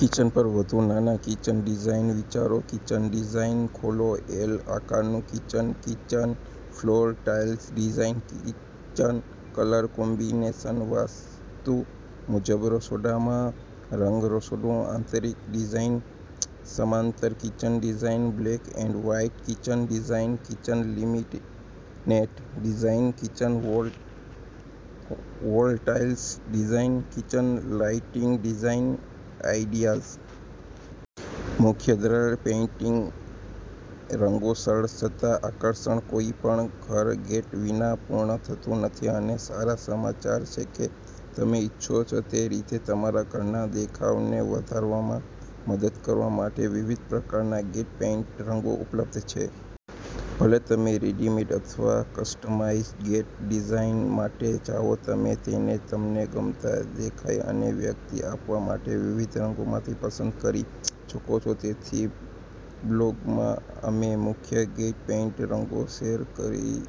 Kitchen પર વધુ નાના કિચન ડિઝાઇન વિચારો કિચન ડિઝાઇન ખોલો એલ આકારનું kitchen kitchen floor tiles design kitchen colour combination vastu મુજબ રસોડામાં રંગ રસોડું આંતરિક ડિઝાઇન સમાંતર kitchen design black and white kitchen design kitchen laminate design kitchen wall tiles design kitchen lighting design ideas. મુખ્ય દ્વાર પેઇન્ટ રંગોસરળ છતાં આકર્ષક કોઈ પણ ઘર ગેટ વિના પૂર્ણ થતું નથી, અને સારા સમાચારછે કે તમે ઇચ્છો તે રીતે તમારા ઘરના દેખાવને વધારવામાં મદદ કરવા માટે વિવિધ પ્રકારના ગેટ પેઇન્ટ રંગો ઉપલબ્ધ છે. ભલે તમે રેડીમેડ અથવા કસ્ટમાઇઝ્ડ ગેટ ડિઝાઇન માટે જાઓ, તમે તેને તમને ગમતો દેખાવ અને વ્યક્તિત્વ આપવા માટે વિવિધ રંગોમાંથી પસંદ કરી શકો છો. તેથી, બ્લોગમાં, અમે મુખ્ય ગેટ પેઇન્ટ રંગો શેર કરીએ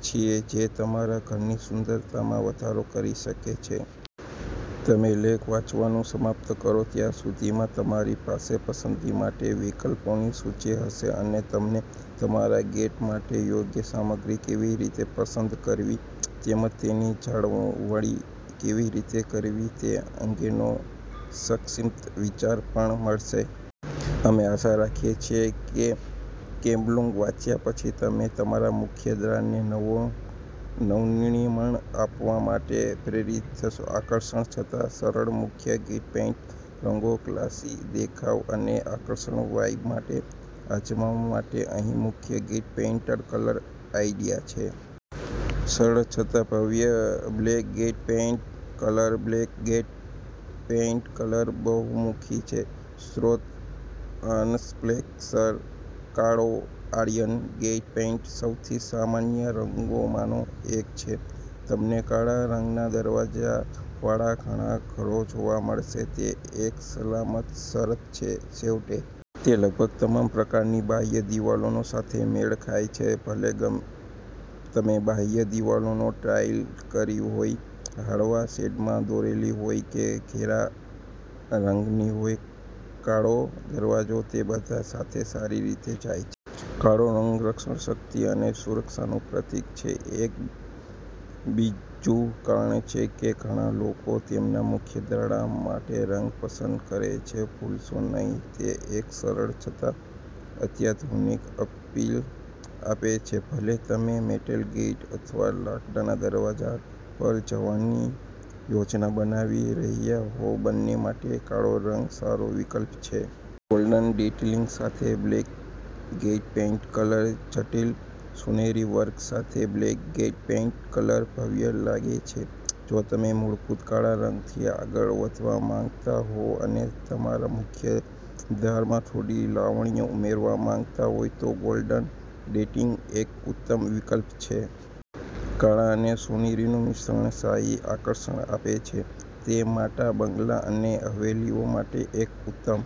છીએ જે તમારા ઘરની સુંદરતામાં વધારો કરી શકે છે. તમેલેખ વાંચવાનું સમાપ્ત કરો ત્યાં સુધીમાં, તમારી પાસે પસંદગી માટેના વિકલ્પોની સૂચિ હશે, અને તમને તમારા ગેટ માટે યોગ્ય સામગ્રી કેવી રીતે પસંદ કરવી તેમજ તેની જાળવણી કેવી રીતે કરવી તે અંગેનો સંક્ષિપ્ત વિચાર પણ મળશે. અમે આશા રાખીએ છીએ કેબ્લોગ વાંચ્યા પછી તમે તમારા મુખ્ય દ્વારને નવો નવનિર્માણ આપવા માટે પ્રેરિત થશો! આકર્ષક છતાં સરળ મુખ્ય ગેટ પેઇન્ટ રંગો ક્લાસી દેખાવ અને આકર્ષક વાઇબ માટે અજમાવવા માટે અહીં મુખ્ય ગેટ પેઇન્ટ કલર આઇડિયા છે. સરળ છતાં ભવ્ય black gate paint colour black gate paint colour બહુમુખી છે સ્રોતઅનસ્પ્લેશકાળોઆયર્ન ગેટ પેઇન્ટના સૌથી સામાન્ય રંગોમાંનો એક છે. તમને કાળા રંગના દરવાજાવાળા ઘણા ઘરો જોવા મળશે. તે એક સલામત શરત છે, છેવટે. તે લગભગ તમામ પ્રકારની બાહ્ય દિવાલો સાથે મેળ ખાય છે. ભલે તમે બાહ્ય દિવાલોને ટાઇલ કરી હોય, હળવા શેડમાં દોરેલી હોય કે ઘેરા રંગની હોયકાળો દરવાજો તે બધા સાથે સારી રીતે જાય છે. કાળો રંગ રક્ષણ, શક્તિ અને સુરક્ષાનું પ્રતીક છે. એક બીજું કારણ છે કે ઘણા લોકો તેમના મુખ્ય દ્વાર માટેરંગ પસંદ કરે છે. ભૂલશો નહીં, તે એક સરળ છતાં અત્યાધુનિક અપીલ આપે છે. ભલે તમે મેટલ ગેટ અથવા લાકડાના દરવાજા પર જવાની યોજના બનાવી રહ્યા હોવબંને માટે કાળો રંગ સારો વિકલ્પ છે. ગોલ્ડન ડિટેલિંગ સાથે બ્લેક ગેટ પેઇન્ટ કલર જટિલ સોનેરી વર્ક સાથે બ્લેક ગેટ પેઇન્ટ કલર ભવ્ય લાગે છે જો તમે મૂળભૂત કાળા રંગથી આગળ વધવા માંગતા હો અને તમારા મુખ્ય દ્વારમાં થોડી લાવણ્ય ઉમેરવા માંગતા હો, તો ગોલ્ડન ડિટેલિંગ એક ઉત્તમ વિકલ્પ છે. કાળા અને સોનેરીનું મિશ્રણ શાહી આકર્ષણ આપે છે. તે માટા બંગલા અને હવેલીઓ માટે એક ઉત્તમ